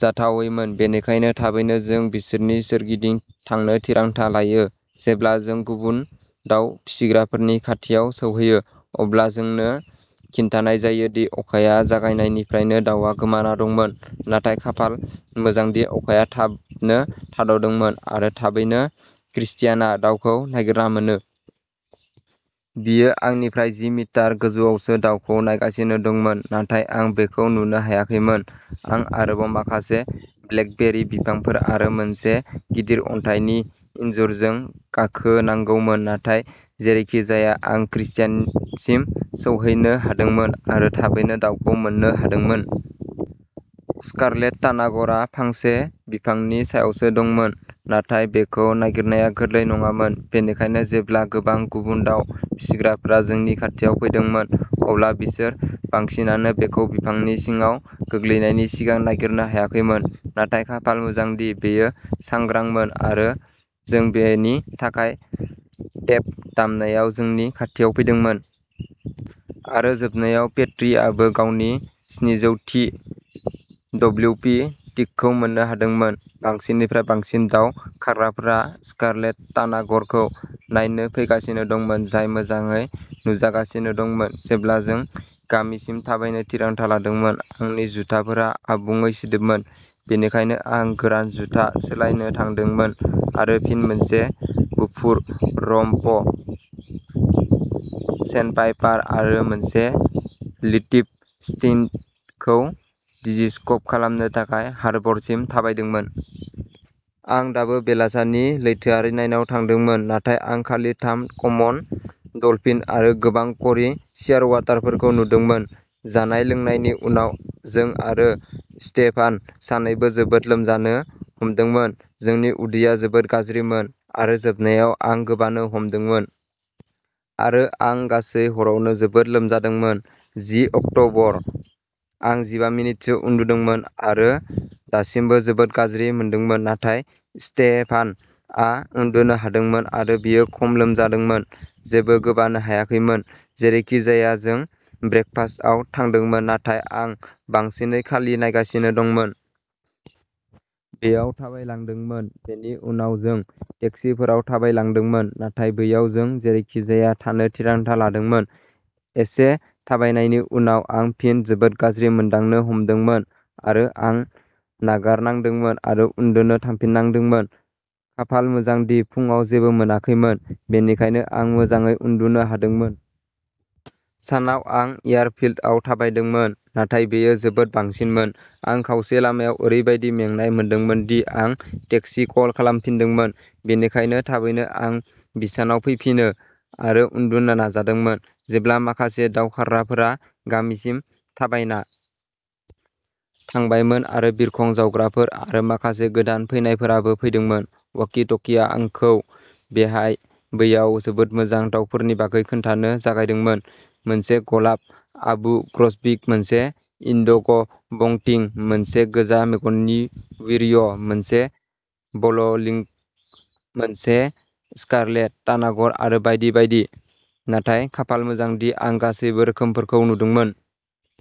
जाथावैमोन, बेनिखायनो थाबैनो जों बिसोरनि सोरगिदिं थांनो थिरांथा लायो। जेब्ला जों गुबुन दाउ फिसिग्राफोरनि खाथियाव सौहैयो, अब्ला जोंनो खिन्थानाय जायो दि अखाया जागायनायनिफ्रायनो दाउआ गोमाना दंमोन, नाथाय खाफाल मोजांदि अखाया थाबनो थाद'दोंमोन। आरो थाबैनो क्रिस्टियानआ दाउखौ नागिरना मोनो। बियो आंनिफ्राय जि मिटार गोजौआवसो दाउखौ नायगासिनो दंमोन, नाथाय आं बेखौ नुनो हायाखैमोन। आं आरोबाव माखासे ब्लेकबेरी बिफांफोर आरो मोनसे गिदिर अन्थाइनि इनजुरजों गाखोनांगौमोन, नाथाय जेरैखिजाया आं क्रिस्टियानसिम सौहैनो हादोंमोन आरो थाबैनो दाउखौ मोन्नो हादोंमोन। स्कारलेट तानागरआ फांसे बिफांनि सायावसो दंमोन नाथाय बेखौ नागिरनाया गोरलै नङामोन, बेनिखायनो जेब्ला गोबां गुबुन दाउ फिसिग्राफोरा जोंनि खाथियाव फैदोंमोन, अब्ला बिसोरनि बांसिनानो बेखौ बिफांनि सिङाव गोग्लैनायनि सिगां नागिरनो हायाखैमोन। नाथाय खाफाल मोजांदि बेयो सांग्रांमोन आरो जों बेनि थाखाय टेप दामनायाव जोंनि खाथियाव फैदोंमोन। आरो जोबनायाव पेट्रीआबो गावनि स्निजौ थि डब्लिउपि टिकखौ मोन्नो हादोंमोन। बांसिननिफ्राय बांसिन दाव खारग्राफोरा स्कारलेट तानागरखौ नायनो फैगासिनो दंमोन, जाय मोजाङै नुजागासिनो दंमोन, जेब्ला जों गामिसिम थाबायनो थिरांथा लादोंमोन। आंनि जुथाफोरा आबुङै सिदोबमोन, बेनिखायनो आं गोरान जुथा सोलायनो थांदोंमोन आरो फिन मोनसे गुफुर रम्प सेन्डपाइपार आरो मोनसे लिटिल स्टिंटखौ डिजिस्क'प खालामनो थाखाय हार्बरसिम थाबायदोंमोन। आं दाबो बेलासानि लैथोआरि नायनायाव थांदोंमोन नाथाय आं खालि थाम कमन डलफिन आरो गोबां क'री शियारवाटारफोरखौ नुदोंमोन। जानाय-लोंनायनि उनाव जों आरो स्टेफान सानैबो जोबोद लोमजानो हमदोंमोन। जोंनि उदैया जोबोद गाज्रिमोन आरो जोबनायाव आं गोबानो हमदोंमोन। आरो आं गासै हरावनो जोबोद लोमजादोंमोन जि अक्ट'बर। आं जिबा मिनिटसो उन्दुदोंमोन आरो दासिमबो जोबोद गाज्रि मोनदोंमोन नाथाय स्टेफानआ उन्दुनो हादोंमोन आरो बियो खम लोमजादोंमोन, जेबो गोबानो हायाखैमोन। जेरैखिजाया जों ब्रेकफास्टआव थांदोंमोन नाथाय आं बांसिनै खालि नायगासिनो दंमोन। बेयाव थाबायलांदोंमोन। बेनि उनाव जों टेक्सिफोराव थाबायलांदोंमोन नाथाय बैयाव जों जेरैखिजाया थानो थिरांथा लादोंमोन। एसे थाबायनायनि उनाव, आं फिन जोबोद गाज्रि मोनदांनो हमदोंमोन आरो आं नागारनांदोंमोन आरो उन्दुनो थांफिननांदोंमोन। खाफाल मोजां दि फुंआव जेबो मोनाखैमोन, बेनिखायनो आं मोजाङै उन्दुनो हादोंमोन। सानाव आं एयारफील्डआव थाबायदोंमोन नाथाय बेयो जोबोद बांसिनमोन। आं खावसे लामायाव ओरैबादि मेंनाय मोनदोंमोन दि आं टेक्सि कल खालामफिनदोंमोन बेनिखायनो थाबैनो आं बिसानाव फैफिनो आरो उन्दुनो नाजादोंमोन। जेब्ला माखासे दाव खारग्राफोरा गामिसिम थाबायना थांबायमोन आरो बिरखं-जावग्राफोर आरो माखासे गोदान फैनायफोराबो फैदोंमोन, वाकि-टकिआ आंखौ बेहाय-बैयाव जोबोद मोजां दावफोरनि बागै खोन्थानो जागायदोंमोन, मोनसे गलाब आबु ग्रसबिक, मोनसे इन्डिग'बंटिंग, मोनसे गोजा-मेगननि विरिय', मोनसे बब'लिंक, मोनसे स्कारलेट तानागर आरो बायदि बायदि, नाथाय खाफाल मोजांदि आं गासैबो रोखोमफोरखौ नुदोंमोन।